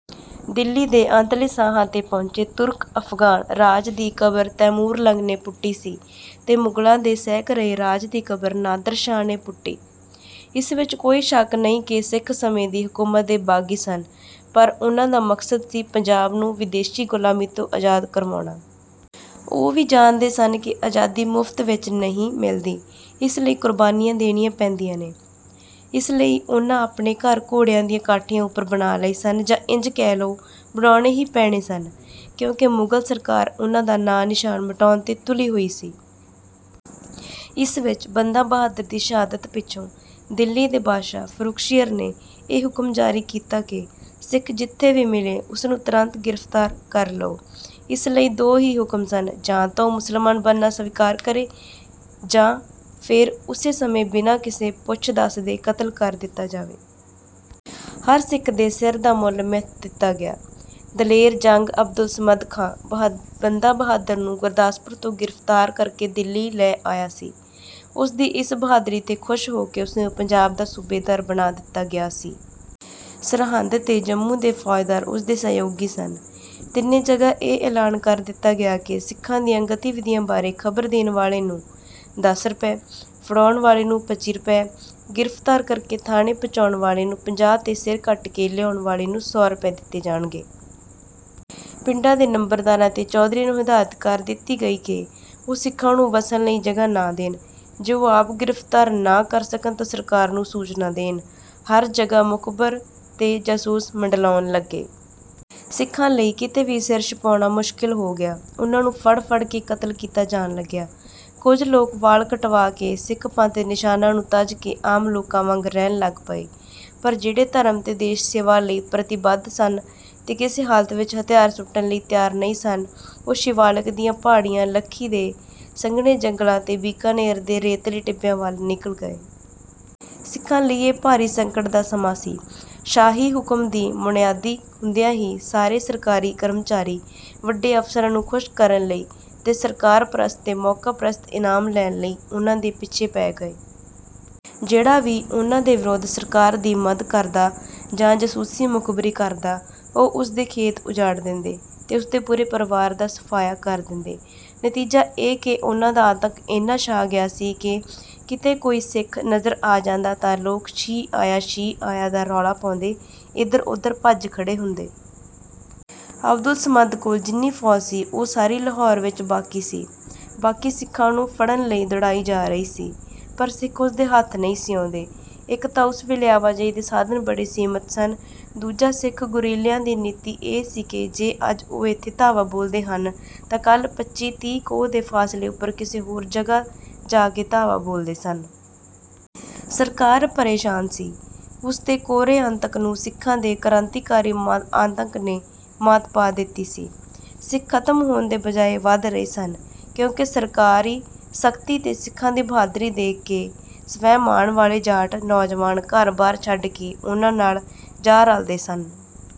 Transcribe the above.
ਦਿੱਲੀ ਦੇ ਅੰਤਲੇ ਸਾਹਾਂ 'ਤੇ ਪਹੁੰਚੇ ਤੁਰਕ-ਅਫਗਾਨ ਰਾਜ ਦੀ ਕਬਰ ਤੈਮੂਰਲੰਗ ਨੇ ਪੁੱਟੀ ਸੀ ਤੇ ਮੁਗਲਾਂ ਦੇ ਸਹਿਕ ਰਹੇ ਰਾਜ ਦੀ ਕਬਰ ਨਾਦਰ ਸ਼ਾਹ ਨੇ ਪੁੱਟੀ। ਇਸ ਵਿੱਚ ਕੋਈ ਸ਼ੱਕ ਨਹੀਂ ਕਿ ਸਿੱਖ ਸਮੇਂ ਦੀ ਹਕੂਮਤ ਦੇ ਬਾਗੀ ਸਨ ਪਰ ਉਹਨਾਂ ਦਾ ਮਕਸਦ ਸੀ ਪੰਜਾਬ ਨੂੰ ਵਿਦੇਸ਼ੀ ਗ਼ੁਲਾਮੀ ਤੋਂ ਆਜ਼ਾਦ ਕਰਵਾਉਣਾ। ਉਹ ਵੀ ਜਾਣਦੇ ਸਨ ਕਿ ਆਜ਼ਾਦੀ ਮੁਫ਼ਤ ਵਿੱਚ ਨਹੀਂ ਮਿਲਦੀ ਇਸ ਲਈ ਕੁਰਬਾਨੀਆਂ ਦੇਣੀਆਂ ਪੈਂਦੀਆਂ ਨੇ। ਇਸ ਲਈ ਉਹਨਾਂ ਆਪਣੇ ਘਰ ਘੋੜਿਆਂ ਦੀਆਂ ਕਾਠੀਆਂ ਉੱਪਰ ਬਣਾ ਲਏ ਸਨ ਜਾਂ ਇੰਜ ਕਹਿ ਲਓ ਬਣਾਉਣੇ ਹੀ ਪੈਣੇ ਸਨ ਕਿਉਂਕਿ ਮੁਗਲ ਸਰਕਾਰ ਉਹਨਾਂ ਦਾ ਨਾਂ-ਨਿਸ਼ਾਨ ਮਿਟਾਉਣ ਉੱਤੇ ਤੁਲੀ ਹੋਈ ਸੀ। ਇਸ ਵਿੱਚ ਬੰਦਾ ਬਹਾਦਰ ਦੀ ਸ਼ਹਾਦਤ ਪਿੱਛੋਂ ਦਿੱਲੀ ਦੇ ਬਾਦਸ਼ਾਹ ਫਰੂੱਖ਼ ਸੀਯਰ ਨੇ ਇਹ ਹੁਕਮ ਜਾਰੀ ਕੀਤਾ ਕਿ ਸਿੱਖ ਜਿੱਥੇ ਵੀ ਮਿਲੇ ਉਸਨੂੰ ਤੁਰੰਤ ਗਿਰਫ਼ਤਾਰ ਕਰ ਲਓ। ਉਸ ਲਈ ਦੋ ਹੀ ਹੁਕਮ ਸਨ: ਜਾਂ ਤਾਂ ਉਹ ਮੁਸਲਮਾਨ ਬਣਨਾ ਸਵੀਕਾਰ ਕਰੇ ਜਾਂ ਫੇਰ ਉਸੇ ਸਮੇਂ ਬਿਨਾਂ ਕਿਸੇ ਪੁੱਛ-ਦੱਸ ਦੇ ਕਤਲ ਕਰ ਦਿੱਤਾ ਜਾਵੇ। ਹਰ ਸਿੱਖ ਦੇ ਸਿਰ ਦਾ ਮੁੱਲ ਮਿਥ ਦਿੱਤਾ ਗਿਆ। ਦਲੇਰ ਜੰਗ ਅਬਦੁਲ ਸਮਦ ਖਾਂ ਬੰਦਾ ਬਹਾਦੁਰ ਨੂੰ ਗੁਰਦਾਸਪੁਰ ਤੋਂ ਗਿਰਫ਼ਤਾਰ ਕਰਕੇ ਦਿੱਲੀ ਲੈ ਆਇਆ ਸੀ। ਉਸ ਦੀ ਇਸ ਬਹਾਦਰੀ 'ਤੇ ਖੁਸ਼ ਹੋ ਕੇ ਉਸਨੂੰ ਪੰਜਾਬ ਦਾ ਸੂਬੇਦਾਰ ਬਣਾ ਦਿੱਤਾ ਗਿਆ ਸੀ। ਸਰਹੰਦ ਤੇ ਜੰਮੂ ਦੇ ਫੌਜਦਾਰ ਉਸ ਦੇ ਸਹਿਯੋਗੀ ਸਨ। ਤਿੰਨੇ ਜਗ੍ਹਾ ਇਹ ਐਲਾਨ ਕਰ ਦਿੱਤਾ ਗਿਆ ਸੀ ਕਿ ਸਿੱਖਾਂ ਦੀਆਂ ਗਤੀਵਿਧੀਆਂ ਬਾਰੇ ਖਬਰ ਦੇਣ ਵਾਲੇ ਨੂੰ ਦਸ ਰੁਪਏ, ਫੜਾਉਣ ਵਾਲੇ ਨੂੰ ਪੱਚੀ ਰੁਪਏ, ਗਿਰਫ਼ਤਾਰ ਕਰਕੇ ਥਾਨੇ ਪਹੁੰਚਾਉਣ ਵਾਲੇ ਨੂੰ ਪੰਜਾਹ ਤੇ ਸਿਰ ਕੱਟ ਕੇ ਲਿਆਉਣ ਵਾਲੇ ਨੂੰ ਸੌ ਰੁਪਏ ਦਿੱਤੇ ਜਾਣਗੇ। ਪਿੰਡਾਂ ਦੇ ਨੰਬਰਦਾਰਾਂ ਤੇ ਚੌਧਰੀਆਂ ਨੂੰ ਹਦਾਇਤ ਕਰ ਦਿੱਤੀ ਗਈ ਕਿ ਉਹ ਸਿੱਖਾਂ ਨੂੰ ਵੱਸਣ ਲਈ ਜਗ੍ਹਾ ਨਾ ਦੇਣ। ਜੇ ਉਹ ਆਪ ਗਿਰਫ਼ਤਾਰ ਨਾ ਕਰ ਸਕਣ ਤਾਂ ਸਰਕਾਰ ਨੂੰ ਸੂਚਨਾ ਦੇਣ। ਹਰ ਜਗ੍ਹਾ ਮੁਖਬਰ ਤੇ ਜਾਸੂਸ ਮੰਡਲਾਉਣ ਲੱਗੇ। ਸਿੱਖਾਂ ਲਈ ਕਿਤੇ ਵੀ ਸਿਰ ਛੁਪਾਉਣਾ ਮੁਸ਼ਕਲ ਹੋ ਗਿਆ। ਉਹਨਾਂ ਨੂੰ ਫੜ੍ਹ-ਫੜ੍ਹ ਕੇ ਕਤਲ ਕੀਤਾ ਜਾਣ ਲੱਗਿਆ। ਕੁਝ ਲੋਕ ਵਾਲ ਕਟਵਾ ਕੇ ਤੇ ਸਿੱਖ ਪੰਥ ਦੇ ਨਿਸ਼ਾਨਾਂ ਨੂੰ ਤਜ ਕੇ ਆਮ ਲੋਕਾਂ ਵਾਂਗ ਰਹਿਣ ਲੱਗ ਪਏ ਪਰ ਜਿਹੜੇ ਧਰਮ ਤੇ ਦੇਸ਼-ਸੇਵਾ ਲਈ ਪ੍ਰੀਤੀਬੱਧ ਸਨ ਤੇ ਕਿਸੇ ਹਾਲਤ ਵਿੱਚ ਹਥਿਆਰ ਸੁੱਟਣ ਲਈ ਤਿਆਰ ਨਹੀਂ ਸਨ ਉਹ ਸ਼ਿਵਾਲਿਕ ਦੀਆਂ ਪਹਾੜੀਆਂ ਲੱਖੀ ਦੇ ਸੰਘਣੇ ਜੰਗਲਾਂ ਤੇ ਬੀਕਾਨੇਰ ਦੇ ਰੇਤਲੇ ਟਿੱਬਿਆਂ ਵੱਲ ਨਿਕਲ ਗਏ। ਸਿੱਖਾਂ ਲਈ ਇਹ ਭਾਰੀ ਸੰਕਟ ਦਾ ਸਮਾਂ ਸੀ। ਸ਼ਾਹੀ ਹੁਕਮ ਦੀ ਮੁਨਿਆਦੀ ਹੁੰਦਿਆਂ ਹੀ ਸਾਰੇ ਸਰਕਾਰੀ ਕਰਮਚਾਰੀ ਵੱਡੇ ਅਫਸਰਾਂ ਨੂੰ ਖੁਸ਼ ਕਰਨ ਲਈ ਤੇ ਸਰਕਾਰ-ਪ੍ਰਸਤ ਤੇ ਮੌਕਾ-ਪ੍ਰਸਤ ਇਨਾਮ ਲੈਣ ਲਈ ਉਹਨਾਂ ਦੇ ਪਿੱਛੇ ਪੈ ਗਏ। ਜਿਹੜਾ ਵੀ ਉਹਨਾਂ ਦੇ ਵਿਰੁੱਧ ਸਰਕਾਰ ਦੀ ਮਦ ਕਰਦਾ ਜਾਂ ਜਾਸੂਸੀ ਮੁਖਬਰੀ ਕਰਦਾ ਉਹ ਉਸਦੇ ਖੇਤ ਉਜਾੜ ਦਿੰਦੇ ਤੇ ਉਸਦੇ ਪੂਰੇ ਪਰਿਵਾਰ ਦਾ ਸਫਾਇਆ ਕਰ ਦਿੰਦੇ। ਨਤੀਜਾ ਇਹ ਕਿ ਉਹਨਾਂ ਦਾ ਆਤੰਕ ਇੰਨਾ ਛਾ ਗਿਆ ਕਿ ਜੇ ਕਿਤੇ ਕੋਈ ਸਿੱਖ ਨਜ਼ਰ ਆ ਜਾਂਦਾ ਤਾਂ ਲੋਕ 'ਸ਼ੀਹ ਆਇਆ ਸ਼ੀਹ ਆਇਆ' ਦਾ ਰੌਲਾ ਪਾਉਂਦੇ ਏਧਰ-ਉਧਰ ਭੱਜ ਖੜ੍ਹੇ ਹੁੰਦੇ। ਅਬਦੁੱਲ ਸਮਦ ਕੋਲ ਜਿੰਨੀ ਫੌਜ ਸੀ ਉਹ ਸਾਰੀ ਲਾਹੌਰ ਵਿੱਚ ਸੀ ਬਾਕੀ ਸਿੱਖਾਂ ਨੂੰ ਫੜ੍ਹਨ ਲਈ ਦੌੜਾਈ ਜਾ ਰਹੀ ਸੀ ਪਰ ਸਿੱਖ ਉਸਦੇ ਹੱਥ ਨਹੀਂ ਸੀ ਆਉਂਦੇ। ਇੱਕ ਤਾਂ ਉਸ ਵੇਲੇ ਆਵਾਜਾਈ ਦੇ ਸਾਧਨ ਬੜੇ ਸੀਮਿਤ ਸਨ ਦੂਜਾ ਸਿੱਖ ਗੁਰੀਲਿਆਂ ਦੀ ਨੀਤੀ ਇਹ ਸੀ ਕਿ ਜੇ ਅੱਜ ਉਹ ਇੱਥੇ ਧਾਵਾ ਬੋਲਦੇ ਹਨ ਤਾਂ ਕੱਲ੍ਹ ਪੱਚੀ-ਤੀਹ ਕੋਹ ਦੇ ਫਾਸਲੇ ਉੱਪਰ ਕਿਸੇ ਹੋਰ ਜਗ੍ਹਾ ਜਾ ਕੇ ਧਾਵਾ ਬੋਲਦੇ ਸਨ। ਸਰਕਾਰ ਪ੍ਰੇਸ਼ਾਨ ਸੀ। ਉਸ ਦੇ ਕੋਰੇ-ਅਤੰਕ ਨੂੰ ਸਿੱਖਾਂ ਦੇ ਕਰਾਂਤੀਕਾਰੀ-ਆਤੰਕ ਨੇ ਮਾਤ ਪਾ ਦਿੱਤੀ ਸੀ। ਸਿੱਖ ਖਤਮ ਹੋਣ ਦੇ ਬਜਾਏ ਵਧ ਰਹੇ ਸਨ ਕਿਉਂਕਿ ਸਰਕਾਰੀ ਸਖਤੀ ਤੇ ਸਿੱਖਾਂ ਦੀ ਬਹਾਦਰੀ ਦੇਖ ਕੇ ਸਵੈਮਾਨ ਵਾਲੇ ਜਾਟ ਨੌਜਵਾਨ ਘਰ-ਬਾਰ ਛੱਡ ਕੇ ਉਹਨਾਂ ਨਾਲ ਜਾ ਰਲਦੇ ਸਨ।